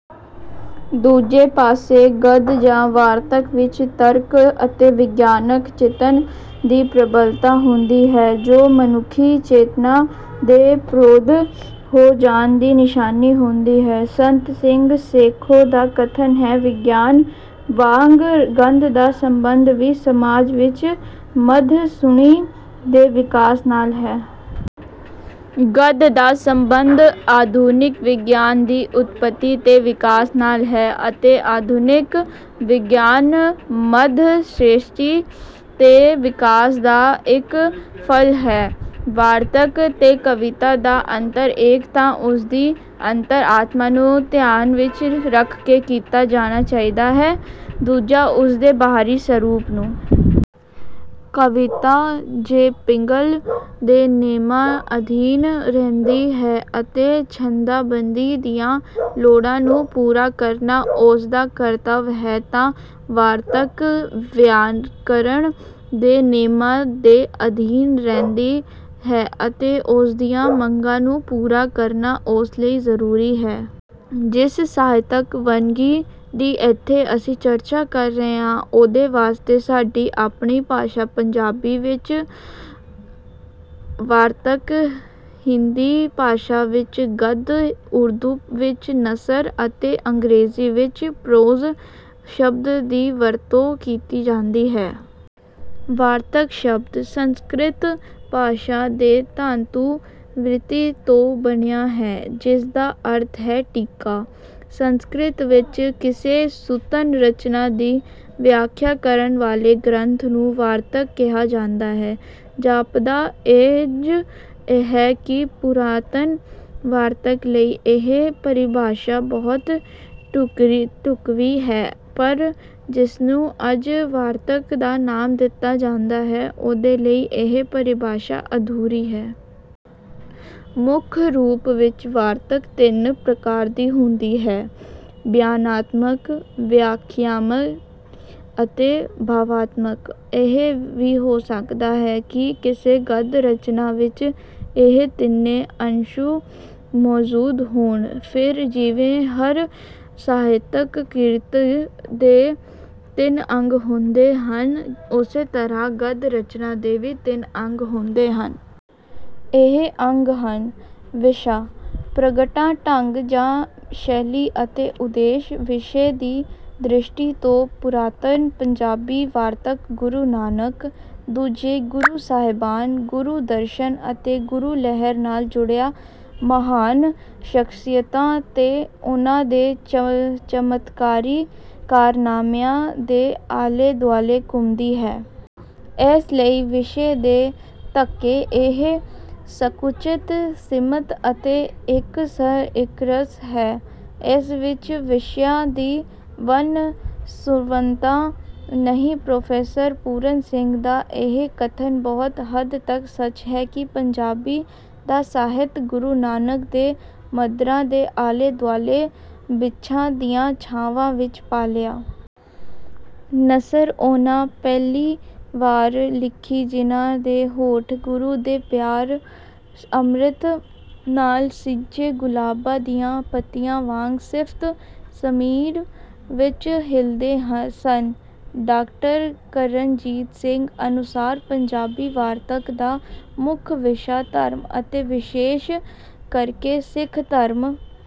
ਦੂਜੇ ਪਾਸੇ, ਗੱਦ ਜਾਂ ਵਾਰਤਕ ਵਿੱਚ ਤਰਕ ਅਤੇ ਵਿਗਿਆਨਕ ਚਿੰਤਨ ਦੀ ਪ੍ਰਬਲਤਾ ਹੁੰਦੀ ਹੈ, ਜੋ ਮਨੁੱਖੀ ਚੇਤਨਾ ਦੇ ਪ੍ਰੌਢ ਹੋ ਜਾਣ ਦੀ ਨਿਸ਼ਾਨੀ ਹੁੰਦੀ ਹੈ। ਸੰਤ ਸਿੰਘ ਸੇਖੋਂ ਦਾ ਕਥਨ ਹੈ, “ਵਿਗਿਆਨ ਵਾਂਗ ਗੱਦ ਦਾ ਸੰਬੰਧ ਵੀ ਸਮਾਜ ਵਿੱਚ ਮੱਧ-ਸ਼੍ਰੇਣੀ ਦੇ ਵਿਕਾਸ ਨਾਲ ਹੈ। ਗੱਦ ਦਾ ਸੰਬੰਧ ਆਧੁਨਿਕ ਵਿਗਿਆਨ ਦੀ ਉਤਪਤੀ ਤੇ ਵਿਕਾਸ ਨਾਲ ਹੈ ਅਤੇ ਆਧੁਨਿਕ ਵਿਗਿਆਨ ਮੱਧ-ਸ਼੍ਰੇਣੀ ਦੇ ਵਿਕਾਸ ਦਾ ਇੱਕ ਫਲ ਹੈ। ”ਵਾਰਤਕ ਤੇ ਕਵਿਤਾ ਦਾ ਅੰਤਰ ਇੱਕ ਤਾਂ ਉਸ ਦੀ ਅੰਤਰ-ਆਤਮਾ ਨੂੰ ਧਿਆਨ ਵਿੱਚ ਰੱਖ ਕੇ ਕੀਤਾ ਜਾਣਾ ਚਾਹੀਦਾ ਹੈ, ਦੂਜਾ ਉਸ ਦੇ ਬਾਹਰੀ ਸਰੂਪ ਨੂੰ। ਕਵਿਤਾ ਜੇ ਪਿੰਗਲ ਦੇ ਨੇਮਾਂ ਅਧੀਨ ਰਹਿੰਦੀ ਹੈ ਅਤੇ ਛੰਦਾਬੰਦੀ ਦੀਆਂ ਲੋੜਾਂ ਨੂੰ ਪੂਰਾ ਕਰਨਾ ਉਸ ਦਾ ਕਰਤੱਵ ਹੈ ਤਾਂ ਵਾਰਤਕ ਵਿਆਕਰਨ ਦੇ ਨੇਮਾਂ ਦੇ ਅਧੀਨ ਰਹਿੰਦੀ ਹੈ ਅਤੇ ਉਸ ਦੀਆਂ ਮੰਗਾਂ ਨੂੰ ਪੂਰਾ ਕਰਨਾ ਉਸ ਲਈ ਜ਼ਰੂਰੀ ਹੈ। ਜਿਸ ਸਾਹਿਤਕ ਵੰਨਗੀ ਦੀ ਇੱਥੇ ਅਸੀਂ ਚਰਚਾ ਕਰ ਰਹੇ ਹਾਂ, ਉਹਦੇ ਵਾਸਤੇ ਸਾਡੀ ਆਪਣੀ ਭਾਸ਼ਾ ਪੰਜਾਬੀ ਵਿੱਚ ‘ਵਾਰਤਕ’, ਹਿੰਦੀ ਭਾਸ਼ਾ ਵਿੱਚ ‘ਗੱਦ’, ਉਰਦੂ ਵਿੱਚ ‘ਨਸਰ’ ਅਤੇ ਅੰਗਰੇਜ਼ੀ ਵਿੱਚ ‘ਪ੍ਰੋਜ਼’ ਸ਼ਬਦ ਦੀ ਵਰਤੋਂ ਕੀਤੀ ਜਾਂਦੀ ਹੈ। ‘ਵਾਰਤਕ’ ਸ਼ਬਦ ਸੰਸਕ੍ਰਿਤ ਭਾਸ਼ਾ ਦੇ ਧਾਤੂ ‘ਵ੍ਰਿਤਿ’ ਤੋਂ ਬਣਿਆ ਹੈ, ਜਿਸ ਦਾ ਅਰਥ ਹੈ ‘ਟੀਕਾ’। ਸੰਸਕ੍ਰਿਤ ਵਿੱਚ ਕਿਸੇ ਸੂਤਰ-ਰਚਨਾ ਦੀ ਵਿਆਖਿਆ ਕਰਨ ਵਾਲੇ ਗ੍ਰੰਥ ਨੂੰ ‘ਵਾਰਤਕ’ ਕਿਹਾ ਜਾਂਦਾ ਹੈ। ਜਾਪਦਾ ਇੰਜ ਹੈ ਕਿ ਪੁਰਾਤਨ ਵਾਰਤਕ ਲਈ ਇਹ ਪਰਿਭਾਸ਼ਾ ਬਹੁਤ ਢੁਕਵੀਂ ਹੈ, ਪਰ ਜਿਸ ਨੂੰ ਅੱਜ ਵਾਰਤਕ ਦਾ ਨਾਮ ਦਿੱਤਾ ਜਾਂਦਾ ਹੈ, ਉਹਦੇ ਲਈ ਇਹ ਪਰਿਭਾਸ਼ਾ ਅਧੂਰੀ ਹੈ। ਮੁੱਖ ਰੂਪ ਵਿੱਚ ਵਾਰਤਕ ਤਿੰਨ ਪ੍ਰਕਾਰ ਦੀ ਹੁੰਦੀ ਹੈ—ਬਿਆਨਾਤਮਕ, ਵਿਆਖਿਆਮਈ ਅਤੇ ਭਾਵਾਤਮਕ। ਇਹ ਵੀ ਹੋ ਸਕਦਾ ਹੈ ਕਿ ਕਿਸੇ ਗੱਦ-ਰਚਨਾ ਵਿੱਚ ਇਹ ਤਿੰਨੇ ਅੰਸ਼ ਮੌਜੂਦ ਹੋਣ। ਫਿਰ, ਜਿਵੇਂ ਹਰ ਸਾਹਿਤਕ ਕਿਰਤ ਦੇ ਤਿੰਨ ਅੰਗ ਹੁੰਦੇ ਹਨ, ਉਸੇ ਤਰ੍ਹਾਂ ਗੱਦ-ਰਚਨਾ ਦੇ ਵੀ ਤਿੰਨ ਅੰਗ ਹੁੰਦੇ ਹਨ। ਇਹ ਅੰਗ ਹਨ—ਵਿਸ਼ਾ, ਪ੍ਰਗਟਾ-ਢੰਗ ਜਾਂ ਸ਼ੈਲੀ ਅਤੇ ਉਦੇਸ਼। ਵਿਸ਼ੇ ਦੀ ਦ੍ਰਿਸ਼ਟੀ ਤੋਂ ਪੁਰਾਤਨ ਪੰਜਾਬੀ ਵਾਰਤਕ ਗੁਰੂ ਨਾਨਕ, ਦੂਜੇ ਗੁਰੂ ਸਾਹਿਬਾਨ, ਗੁਰੂ-ਦਰਸ਼ਨ ਅਤੇ ਗੁਰੂ ਲਹਿਰ ਨਾਲ ਜੁੜੀਆਂ ਮਹਾਨ ਸ਼ਖ਼ਸੀਅਤਾਂ ਤੇ ਉਨ੍ਹਾਂ ਦੇ ਚਮਤਕਾਰੀ ਕਾਰਨਾਮਿਆਂ ਦੇ ਆਲੇ-ਦੁਆਲੇ ਘੁੰਮਦੀ ਹੈ। ਇਸ ਲਈ ਵਿਸ਼ੇ ਦੇ ਪੱਖੋਂ ਇਹ ਸੰਕੁਚਿਤ, ਸੀਮਤ ਅਤੇ ਇਕਰਸ ਹੈ। ਇਸ ਵਿੱਚ ਵਿਸ਼ਿਆਂ ਦੀ ਵੰਨ-ਸੁਵੰਨਤਾ ਨਹੀਂ। ਪ੍ਰੋਫ਼ੈਸਰ ਪੂਰਨ ਸਿੰਘ ਦਾ ਇਹ ਕਥਨ ਬਹੁਤ ਹੱਦ ਤੱਕ ਸੱਚ ਹੈ ਕਿ “ਪੰਜਾਬੀ ਦਾ ਸਾਹਿਤ ਗੁਰੂ ਨਾਨਕ ਦੇ ਮੰਦਰਾਂ ਦੇ ਆਲੇ-ਦੁਆਲੇ ਬ੍ਰਿੱਛਾਂ ਦੀਆਂ ਛਾਵਾਂ ਵਿੱਚ ਪਲਿਆ। ਨਸਰ ਉਹਨਾਂ ਪਹਿਲੀ ਵਾਰ ਲਿਖੀ, ਜਿਨ੍ਹਾਂ ਦੇ ਹੋਂਠ ਗੁਰੂ ਦੇ ਪਿਆਰ-ਅੰਮ੍ਰਿਤ ਨਾਲ ਸਿੰਚੇ, ਗੁਲਾਬਾਂ ਦੀਆਂ ਪੱਤੀਆਂ ਵਾਂਗ ਸਿਫ਼ਤ-ਸ਼ਮੀਰ ਵਿੱਚ ਹਿਲਦੇ ਸਨ। ”ਡਾਕਟਰ ਕਰਨਜੀਤ ਸਿੰਘ ਅਨੁਸਾਰ, ਪੰਜਾਬੀ ਵਾਰਤਕ ਦਾ ਮੁੱਖ ਵਿਸ਼ਾ ਧਰਮ ਅਤੇ ਵਿਸ਼ੇਸ਼ ਕਰਕੇ ਸਿੱਖ ਧਰਮ...